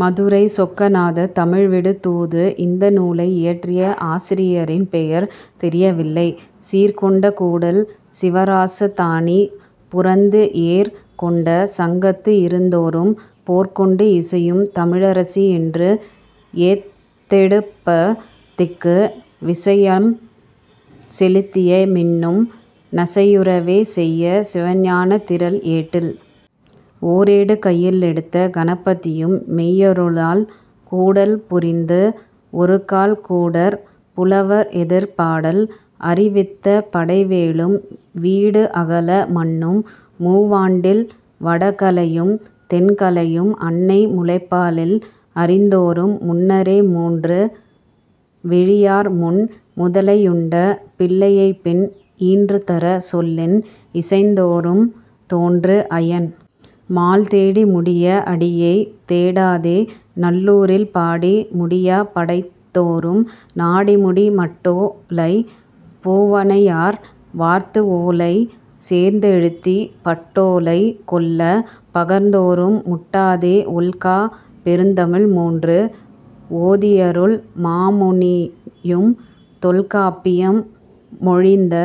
மதுரைச் சொக்கநாதர் தமிழ் விடு தூது இந்த நூலை இயற்றிய ஆசிரியரின் பெயர் தெரியவில்லை. சீர்கொண்ட கூடல் சிவராச தானி புரந்து ஏர் கொண்ட சங்கத்துஇருந்தோரும் போர்கொண்டு இசையும் தமிழரசி என்று ஏத்தெடுப்பத் திக்கு விசையம் செலுத்திய மின்னும் நசையுறவே செய்ய சிவஞானத் திரள் ஏட்டில் ஓரேடு கையில் எடுத்த கணபதியும் மெய்யருளால் கூடல் புரந்து ஒருகால் கூடற் புலவர்எதிர் பாடல் அறிவித்த படைவேளும் வீடு அகலா மன்னும் மூவாண்டில் வடகலையும் தென்கலையும் அன்னை முலைப்பாலில் அறிந்தோரும் முன்னரே மூன்று விழியார் முன் முதலையுண்ட பிள்ளையைப்பின் ஈன்றுதரச் சொல்லின் இசைந்தோரும் தோன்று அயன் மால் தேடி முடியா அடியைத் தேடாதே நல்லூரில் பாடி முடியாப் படைத்தோரும் நாடிமுடி மட்டோ லைப் பூவனையார் வார்ந்துஓலை சேர்த்துஎழுதிப் பட்டோ லை கொள்ளப் பகர்ந்தோரும் முட்டாதே ஒல்காப் பெருந்தமிழ் மூன்று ஓதியருள் மாமுனியும் தொல்காப்பியம் மொழிந்த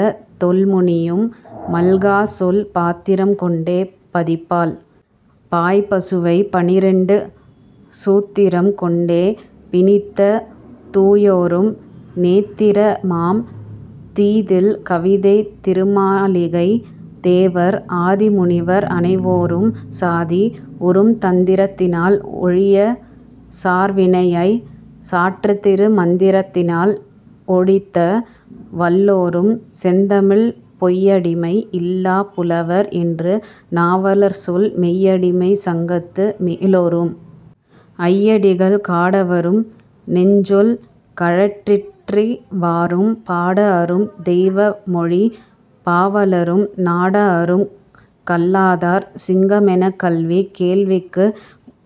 தொல்முனியும் மல்காச் சொல் பாத்திரம் கொண்டே பதிபால் பாய் பசுவைப் பன்னிரண்டு சூத்திரம் கொண்டே பிணித்த தூயோரும் நேத்திரமாம் தீதில் கவிதைத் திருமாளிகைத் தேவர் ஆதி முனிவர் அனைவோரும் சாதி, உறும் தந்திரத்தினால் ஒழியாச் சார்வினையைச் சாற்றுதிரு மந்திரத்தினால் ஒழித்த வல்லோரும் செந்தமிழில் பொய்யடிமை இல்லாப் புலவர் என்று நாவலர்சொல் மெய்யடிமைச் சங்கத்து மேலோரும் ஐயடிகள் காடவரும் செஞ் சொல் கழறிற்றறிவாரும் பாடஅரும் தெய்வமொழிப் பாவலரும் நாடஅரும் கல்லாதார் சிங்கமெனக் கல்வி கேள்விக்கு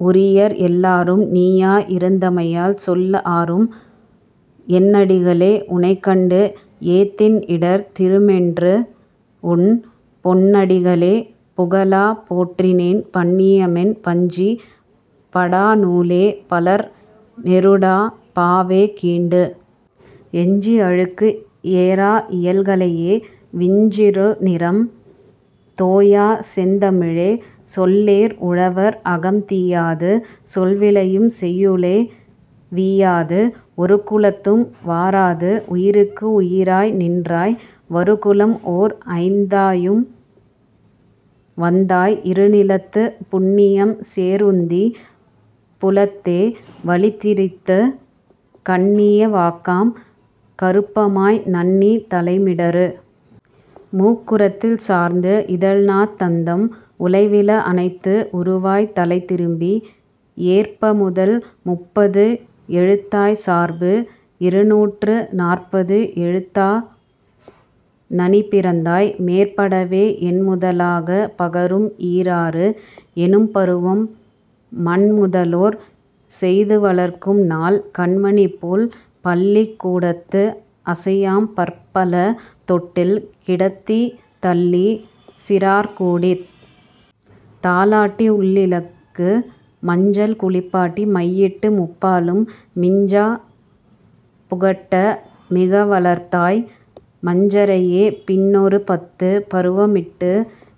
உரியர் எல்லாரும் நீயாய் இருந்தமையால் சொல் ஆரும் என்னடிகளே உனைக்கண்டு ஏத்தின்இடர் தீருமென்றுஉன் பொன்னடிகளே புகலாப் போற்றினேன் பன்னியமென் பஞ்சி படா நூலே பலர்நெருடாப் பாவே கீண்டு எஞ்சி அழுக்கு ஏறா இயல்கலையே விஞ்சுநிறம் தோயாத செந்தமிழே சொல்ஏர் உழவர் அகம் தீயாது சொல்விளையும் செய்யுளே வீயாது ஒருகுலத்தும் வாராது உயிர்க்கு உயிராய் நின்றாய் வருகுலம் ஓர் ஐந்தாயும் வந்தாய் இருநிலத்துப் புண்ணியம் சேர்உந்திப் புலத்தே வளிதரித்துக் கண்ணிய வாக்காம் கருப்பமாய் நண்ணித் தலைமிடறு மூக்குரத்தில் சார்ந்து இதழ்நாத் தந்தம் உலைவிலா அண்ணத்து உருவாய்த் தலைதிரும்பி ஏற்பமுதல் முப்பது எழுத்தாய்ச் சார்பு இருநூற்று நாற்பது எழுத்தா நனிபிறந்தாய் மேற்படவே எண்முதலாகப் பகரும் ஈராறு எனும்பருவம் மண்முதலோர் செய்துவளர்க்கும் நாள் கண்மணிபோல் பள்ளிக்கூ டத்து அசையாம் பற்பல தொட்டில் கிடத்தித் தள்ளிச் சிறார்கூடித் தாலாட்டி உள் இலகு மஞ்சள் குளிப்பாட்டி மையிட்டு முப்பாலும் மிஞ்சப் புகட்ட மிக வளர்ந்தாய் மஞ்சரையே பன்னிஒரு பத்துப் பருவமிட்டு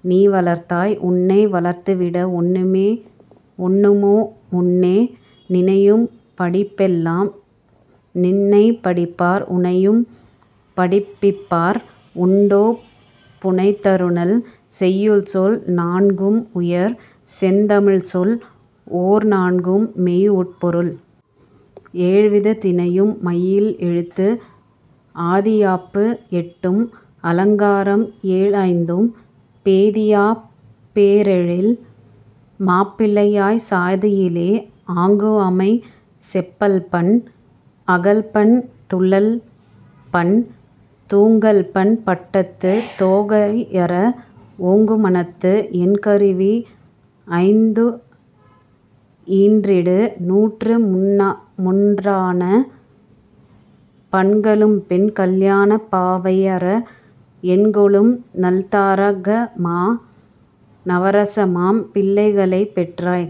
நீவளர்த்தாய் உன்னை வளர்த்துவிட ஒண்ணுமோ முன்னே நினையும் படிப்பெல்லாம் நின்னைப் படிப்பார் உனையும் படிப்பிப்பார் உண்டோ புனைதருநல் செய்யுள்சொல் நான்கும்உயர் செந்தமிழ்ச்சொல் ஓர்நான்கும் மெய்உட்பொருள் ஏழ்விதத் திணையும் மையில் எழுத்து ஆதியாப்பு எட்டும் அலங்காரம் ஏழ்ஐந்தும் பேதியாப் பேரெழில் மாப்பிள்ளையாய்ச் சாதியிலே ஆங்குஅமை செப்பல்பண் அகவல்பண் துள்ளல்பண் தூங்கல்பண் பட்டத்துத் தோகையரா ஓங்குமனத்து எண் கருவி ஐந்துஈன்றிடு நூற்று மூன்றான பண்களும்பின் கல்யாணப் பாவையரா எண்கொளும் நல்தாரகமா நவரசமாம் பிள்ளைகளைப் பெற்றாய்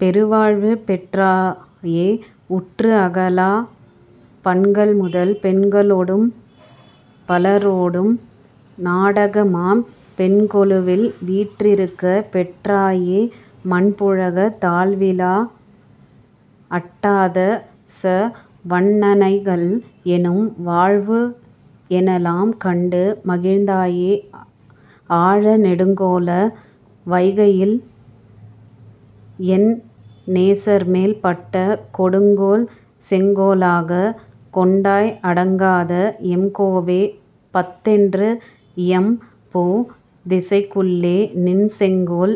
பெருவாழ்வு பெற்றாயே உற்று அகலாப் பண்கள்முதல் பெண்களொடும் பாலரொடும் நாடகமாம் பெண்கொலுவில் வீற்றிருக்கப் பெற்றாயே மண்புகழத் தாழ்விலா அட்டாதச வன்னனைகள் எனும் வாழ்வுஎலாம் கண்டு மகிழ்ந்தாயே ஆழ நெடுங்கோல வையையில் என் நேசர்மேல் பட்ட கொடுங்கோல் செங்கோலாகக் கொண்டாய் அடங்காத எம்கோவே பத்தென்று இயம் பு திசைக்குள்ளே நின் செங்கோல்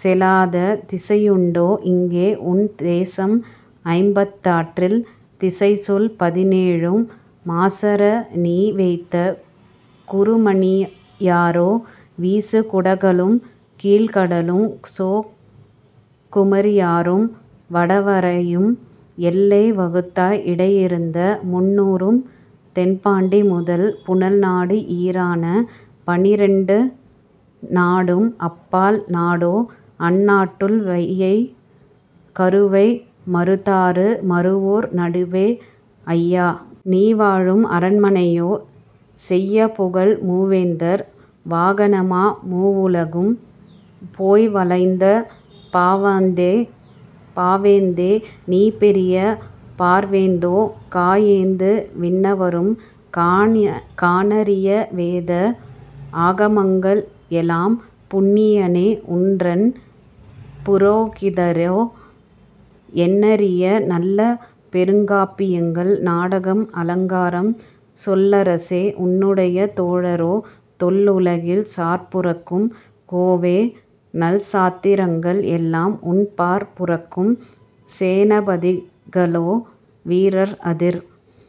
செலாத திசையுண்டோ இங்கே உன் தேசம் ஐம்பத்தாறில் திசைச்சொல் பதினேழும் மாசற நீ வைத்த குறுமன்னியரோ வீசு குடகடலும் கீழ்கடலும் கோக் குமரியாறும் வடவரையும் எல்லை வகுத்தாய் இடைஇருந்த முன்உறும் தென்பாண்டி முதல் புனல்நாடு ஈறான பன்னிரண்டு நாடும் அப்பால் நாடோ அந்நாட்டுள் வையை கருவை மருதாறு மருவூர் நடுவே ஐய! நீ வாழும் அரண்மனையோ செய்யபுகழ் மூ வேந்தர் வாகனமா மூவுலகும் போய் வளைந்த பாவேந்தே நீ பெரிய பார்வேந்தோ கா ஏந்து விண்ணவரும் காணரிய வேத ஆகமங்கள் எலாம் புண்ணியனே உன்றன் புரோகிதரோ எண்ணரிய நல்ல பெருங்காப்பியங்கள் நாடகம் அலங்காரம் சொல்லரசே உன்னுடைய தோழரோ தொல் உலகில் சார்புரக்கும் கோவே நல்சாத்திரங்கள் எல்லாம் உன் பார் புரக்கும் சேனாபதிகளோ வீரர் அதிர்।